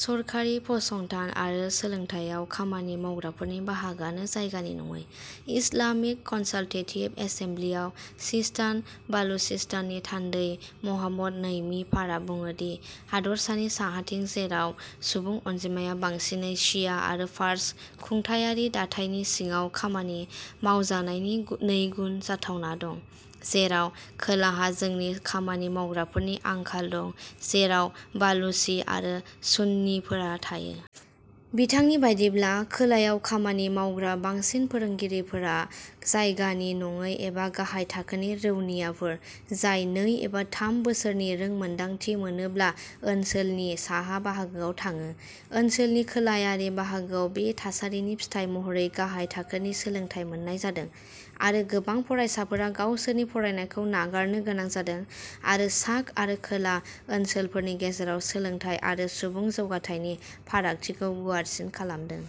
सरखारि फसंथान आरो सोलोंथाइयाव खामानि मावग्राफोरनि बाहागोआनो जायगानि नङै। इस्लामिक कनसालटेटिभ एसेमब्लिआव सिस्तान बालुचेस्ताननि थान्दै महम्मद नैमि फारआ बुङोदि, हादरसानि साहाथिं, जेराव सुबुं अनजिमाया बांसिनै शिया आरो फारस, खुंथायारि दाथायनि सिङाव खामानि मावजानायनि नैगुन जाथावना दं, जेराव खोलाहा जोंनि खामानि मावग्राफोरनि आंखाल दं, जेराव बालुचि आरो सुन्निफोरा थायो। बिथांनि बायदिब्ला, खोलायाव खामानि मावग्रा बांसिन फोरोंगिरिफोरा जायगानि नङै एबा गाहाय थाखोनि रौनियाफोर जाय नै एबा थाम बोसोरनि रोंमोन्दांथि मोनोब्ला ओनसोलनि साहा बाहागोआव थाङो। ओनसोलनि खोलायारि बाहागोआव बे थासारिनि फिथाइ महरै गाहाय थाखोनि सोलोंथाय मोननाय जादों, आरो गोबां फरायसाफोरा गावसोरनि फरायनायखौ नागारनो गोनां जादों आरो सा आरो खोला ओनसोलफोरनि गेजेराव सोलोंथाय आरो सुबुं जौगाथायनि फारागथिखौ गुवारसिन खालामदों।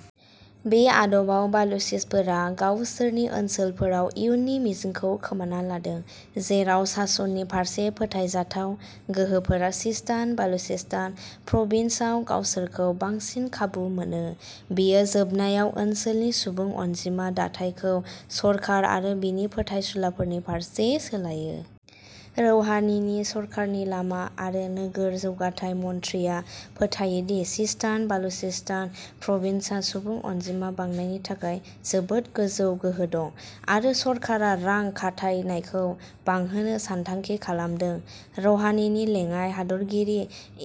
बे आदबाव, बालुचिसफोरा गावसोरनि ओनसोलफोराव इयुननि मिजिंखौ खोमाना लादों, जेराव सासननि फारसे फोथायजाथाव गोहोफोरा सिस्तान बालुचेस्तान प्रभिन्सआव गावसोरखौ बांसिन खाबु मोनो। बेयो जोबनायाव ओनसोलनि सुबुं अनजिमा दाथायखौ सरखार आरो बिनि फोथायसुलाफोरनि फारसे सोलायो। रौहानीनि सरखारनि लामा आरो नोगोर जौगाथाय मन्थ्रिआ फोथायो दि सिस्तान बालुचेस्तान प्रभिन्सहा सुबुं अनजिमा बांनायनि थाखाय जोबोद गोजौ गोहो दं, आरो सरखारा रां खाथायनायखौ बांहोनो सानथांखि खालामदों। रहानीनि लेङाइ हादोरगिरि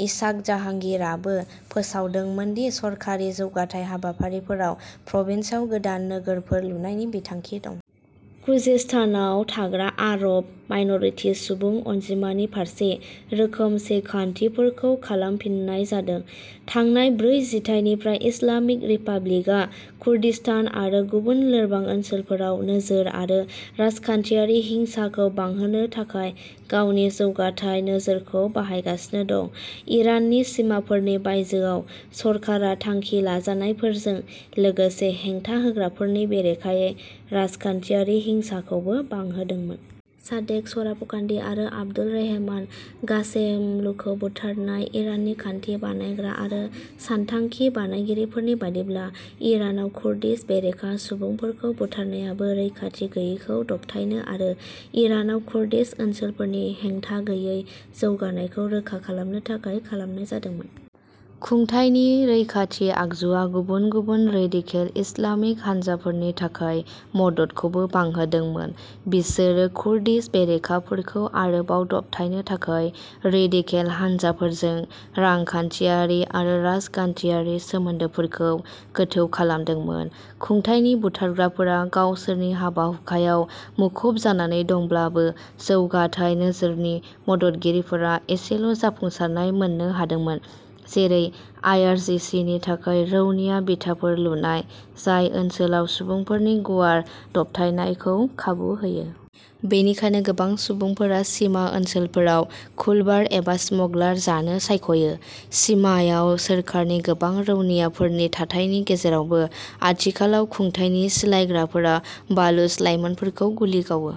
एसाग जाहांगिरीआबो फोसावदोंमोन दि सरखारि जौगाथाय हाबाफारिफोराव प्रभिन्सआव गोदान नोगोरफोर लुनायनि बिथांखि दं। खुजेस्तानआव थाग्रा आरब माइन'रिटि सुबुं अनजिमानि फारसे रोखोमसे खान्थिफोरखौ खालामफिननाय जादों। थांनाय ब्रै जिथाइनिफ्राय, इस्लामिक रिपाब्लिकआ कुर्दिस्तान आरो गुबुन लोरबां ओनसोलफोराव नोजोर आरो राजखान्थियारि हिंसाखौ बांहोनो थाखाय गावनि जौगाथाय नोजोरखौ बाहायगासिनो दं। इराननि सिमाफोरनि बायजोआव, सरखारा थांखि लाजानायफोरजों लोगोसे हेंथा होग्राफोरनि बेरेखायै राजखान्थियारि हिंसाखौबो बांहोदोंमोन। सादेक शराफकान्दि आरो आब्दुल रेहमान घासेमलुखौ बुथारनाय। इरानि खान्थि बानायग्रा आरो सानथांखि बानायगिरिफोरनि बायदिब्ला, इरानाव कुर्दिश बेरेखा सुबुंफोरखौ बुथारनायाबो रैखाथि गैयैखौ दबथायनो आरो इरानाव कुर्दिश ओनसोलनि हेंथागैयै जौगानायखौ रोखा खालामनो थाखाय खालामनाय जादोंमोन। खुंथायनि रैखाथि आगजुआ गुबुन गुबुन रेदिकेल इस्लामिक हानजाफोरनि थाखाय मददखौबो बांहोदोंमोन। बिसोरो कुर्दिश बेरेखाफोरखौ आरोबाव दबथायनो थाखाय रेदिकेल हानजाफोरजों रांखान्थियारि आरो राजखान्थियारि सोमोन्दोफोरखौ गोथौ खालामदोंमोन। खुंथायनि बुथारग्राफोरा गावसोरनि हाबा हुखायाव मुखुब जानानै दंब्लाबो जौगाथाय नोजोरनि मददगिरिफोरा एसेल'जाफुंसारनाय मोननो हादोंमोन जेरै आइआरजिसिनि थाखाय रौनिया बिथाफोर लुनाय जाय ओनसोलाव सुबुंफोरनि गुवार दबथायनायखौ खाबु होयो। बेनिखायनो गोबां सुबुंफोरा सिमा ओनसोलफोराव कुलबार एबा स्मागलार जानो सायख'यो, सिमायाव सोरखारनि गोबां रौनियाफोरनि थाथायनि गेजेरावबो आथिखालाव, खुंथायनि सिलायग्राफोरा बालुच लाइमोनफोरखौ गुलि गावो।